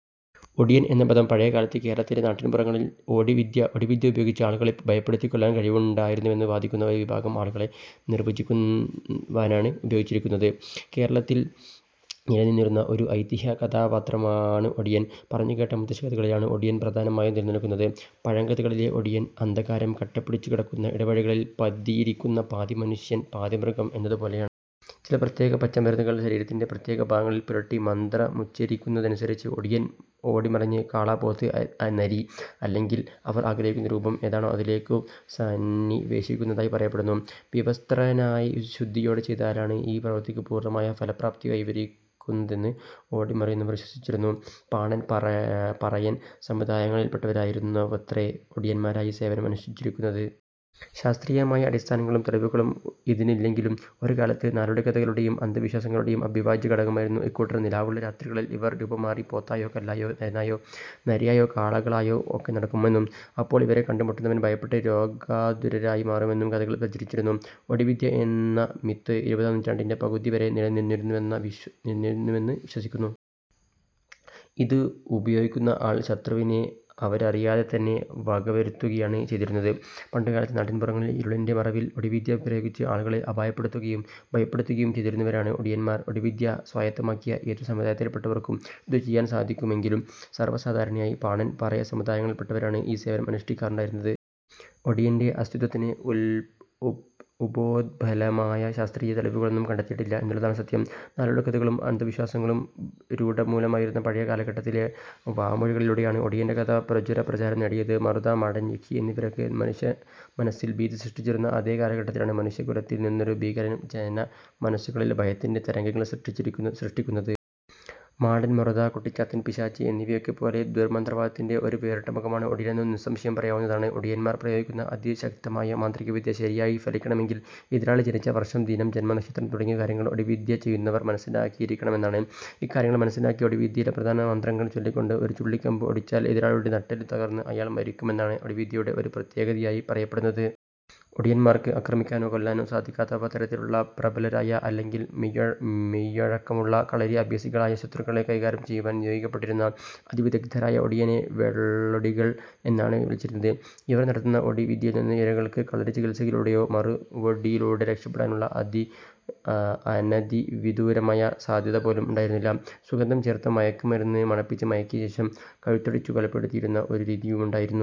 ഒടിയൻ എന്ന പദം പഴയകാലത്ത് കേരളത്തിലെ നാട്ടിൻപുറങ്ങളിൽ ഒടിവിദ്യ ഉപയോഗിച്ച് ആളുകളെ ഭയപ്പെടുത്തി കൊല്ലാൻ കഴിവുണ്ടായിരുന്നുവെന്ന് വാദിക്കുന്ന ഒരു വിഭാഗം ആളുകളെ നിർവ്വചിക്കുവാനാണ് ഉപയോഗിച്ചിരുന്നത്. കേരളത്തിൽ നിലനിന്നിരുന്ന ഒരു ഐതിഹ്യ കഥാപാത്രമാണ് ഒടിയൻ. പറഞ്ഞുകേട്ട മുത്തശ്ശിക്കഥകളിലാണ് ഒടിയൻ പ്രധാനമായും നിലനിൽക്കുന്നത്. പഴങ്കഥകളിലെ ഒടിയൻ, അന്ധകാരം കട്ടപിടിച്ചു കിടക്കുന്ന ഇടവഴികളിൽ പതിയിരിക്കുന്ന പാതി മനുഷ്യൻ പാതി മൃഗം എന്നതു പോലെയാണ്. ചില പ്രത്യേക പച്ചമരുന്നുകൾ ശരീരത്തിൻറെ പ്രത്യേക ഭാഗങ്ങളിൽ പുരട്ടി മന്ത്രമുഛരിക്കുന്നതനുസരിച്ച് ഒടിയൻ ഒടിമറിഞ്ഞ് കാള, പോത്ത്, നരി അല്ലെങ്കിൽ അവർ ആഗ്രഹിക്കുന്ന രൂപം ഏതാണോ അതിലേയ്ക്കു സന്നിവേശിക്കുന്നതായി പറയപ്പെടുന്നു. വിവസ്ത്രനായി ശുദ്ധിയോടെ ചെയ്താലാണ് ഈ പ്രവർത്തിക്കു പൂർണ്ണമായ ഫലപ്രാപ്തി കൈവരിക്കുന്നതെന്ന് ഒടിമറിയുന്നവർ വിശ്വസിച്ചിരുന്നു. പാണൻ, പറയൻ സമുദായങ്ങളിൽപ്പെട്ടവരായിരുന്നുവത്രേ ഒടിയൻമാരായി സേവനം അനുഷ്ഠിച്ചിരുന്നത്. ശാസ്ത്രീയമായ അടിസ്ഥാനങ്ങളും തെളിവുകളും ഇതിന്നില്ലെങ്കിലും, ഒരുകാലത്ത് നടോടിക്കഥകളുടെയും, അന്ധവിശ്വാസങ്ങളുടെയും അവിഭാജ്യ ഘടകമായിരുന്നു ഇക്കൂട്ടർ. നിലാവുള്ള രാത്രികളിൽ ഇവർ രൂപം മാറി പോത്തായോ കല്ലായോ നരിയായോ കാളകളായോ ഒക്കെ നടക്കുമെന്നും, അപ്പോൾ ഇവരെ കണ്ടുമുട്ടുന്നവർ ഭയപ്പെട്ട് രോഗാതുരരായി മാറുമെന്നും കഥകൾ പ്രചരിച്ചിരുന്നു. ഒടിവിദ്യ എന്ന മിത്ത് ഇരുപതാം നൂറ്റാണ്ടിന്റെ പകുതി വരെ നിലനിന്നിരുന്നുവെന്ന് വിശ്വസിക്കുന്നു. ഇത് പ്രയോഗിക്കുന്ന ആൾ ശത്രുവിനെ അവരറിയാതെ തന്നെ വക വരുത്തുകയാണ് ചെയ്തിരുന്നത്. പണ്ടുകാലത്ത് നാട്ടിൻപുറങ്ങളിൽ ഇരുളിൻറെ മറവിൽ ഒടിവിദ്യ പ്രയോഗിച്ച് ആളുകളെ അപായപ്പെടുത്തുകയും ഭയപ്പെടുത്തുകയും ചെയ്തിരുന്നവരാണ് ഒടിയന്മാർ. ഒടിവിദ്യ സ്വായത്തമാക്കിയ ഏതു സമുദായത്തിൽപ്പെട്ടവർക്കും ഇതു ചെയ്യാൻ സാധിക്കുമെങ്കിലും സർവ്വസാധാരണയായി പാണൻ, പറയ സമുദായങ്ങളിൽപ്പെട്ടവരാണ് ഈ സേവനം അനുഷ്ടിക്കാറുണ്ടായിരുന്നത്. ഒടിയൻറെ അസ്തിത്വത്തിന് ഉപോദ്ബലകമായ ശാസ്ത്രീയ തെളിവുകളൊന്നും കണ്ടെത്തിയിട്ടില്ല എന്നുള്ളതാണ് സത്യം. നാടോടിക്കഥകളും അന്ധവിശ്വാസങ്ങളും രൂഢമൂലമായിരുന്ന പഴയ കാലഘട്ടത്തിലെ വാമൊഴികളിലൂടെയുമാണ് ഒടിയൻറ കഥ പ്രചുര പ്രചാരം നേടിയത്. മറുത, മാടൻ, യക്ഷി എന്നിവരൊക്കെ മനുഷ്യമനസ്സിൽ ഭീതി സൃഷ്ടിച്ചിരുന്ന അതേ കാലഘട്ടത്തിലാണ് മനുഷ്യ കുലത്തിൽ നിന്നൊരു ഭീകരൻ ജനമനസുകളിൽ ഭയത്തിൻറെ തരംഗങ്ങൾ സൃഷ്ടിക്കുന്നത്. മാടൻ, മറുത, കുട്ടിച്ചാത്തൻ, പിശാച് എന്നിവയൊക്കെ പോലെ ദുര്മന്ത്രവാദത്തിന്റെ ഒരു വേറിട്ട മുഖമാണ് ഒടിയനെന്നു നിസ്സംശയം പറയാവുന്നതാണ്. ഒടിയൻമാർ പ്രയോഗിക്കുന്ന അതിശക്തമായ മാന്ത്രികവിദ്യ ശരിയായി ഫലിക്കണമെങ്കിൽ എതിരാളി ജനിച്ച വർഷം, ദിനം, ജൻമനക്ഷത്രം തുടങ്ങിയ കാര്യങ്ങൾ ഒടിവിദ്യ ചെയ്യുന്നവർ മനസ്സിലാക്കിയിരിക്കമെന്നാണ്. ഇക്കാര്യങ്ങൾ മനസ്സിലാക്കി ഒടിവിദ്യയിലെ പ്രധാന മന്ത്രങ്ങൾ ചൊല്ലിക്കൊണ്ട് ഒരു ചുള്ളിക്കമ്പ് ഒടിച്ചാൽ എതിരാളിയുടെ നട്ടെല്ലു തകർന്ന് അയാൾ മരിക്കുമെന്നാണ് ഒടിവിദ്യയുടെ ഒരു പ്രത്യേകതയായി പറയപ്പെടുന്നത്. ഒടിയന്മാർക്ക് ആക്രമിക്കാനോ കൊല്ലാനോ സാധിക്കാത്തവ തരത്തിലുള്ള പ്രബലരായ അല്ലെങ്കിൽ മെയ്വഴക്കമുള്ള കളരിഅഭ്യസികളായ ശത്രുക്കളെ കൈകാര്യം ചെയ്യുവാൻ നിയോഗിക്കപ്പെട്ടിരുന്ന അതിവിദഗ്ദ്ധനായ ഒടിയനെ "വെള്ളൊടികൾ" എന്നാണ് വിളിച്ചിരുന്നത്. ഇവർ നടത്തുന്ന ഒടി വിദ്യയിൽനിന്ന് ഇരകൾക്ക് കളരി ചികിത്സകളിലൂടെയോ മറുവൊടിയിലൂടെ രക്ഷപ്പെടാനുള്ള അനതിവിദൂരമായ സാധ്യതപോലും ഉണ്ടായിരുന്നില്ല. സുഗന്ധം ചേർത്ത മയക്ക് മരുന്ന് മണപ്പിച്ച് മയക്കിയ ശേഷം കഴുത്തൊടിച്ചു കൊലപ്പെടുത്തിയിരുന്ന ഒരു രീതിയുമുണ്ടായിരുന്നു.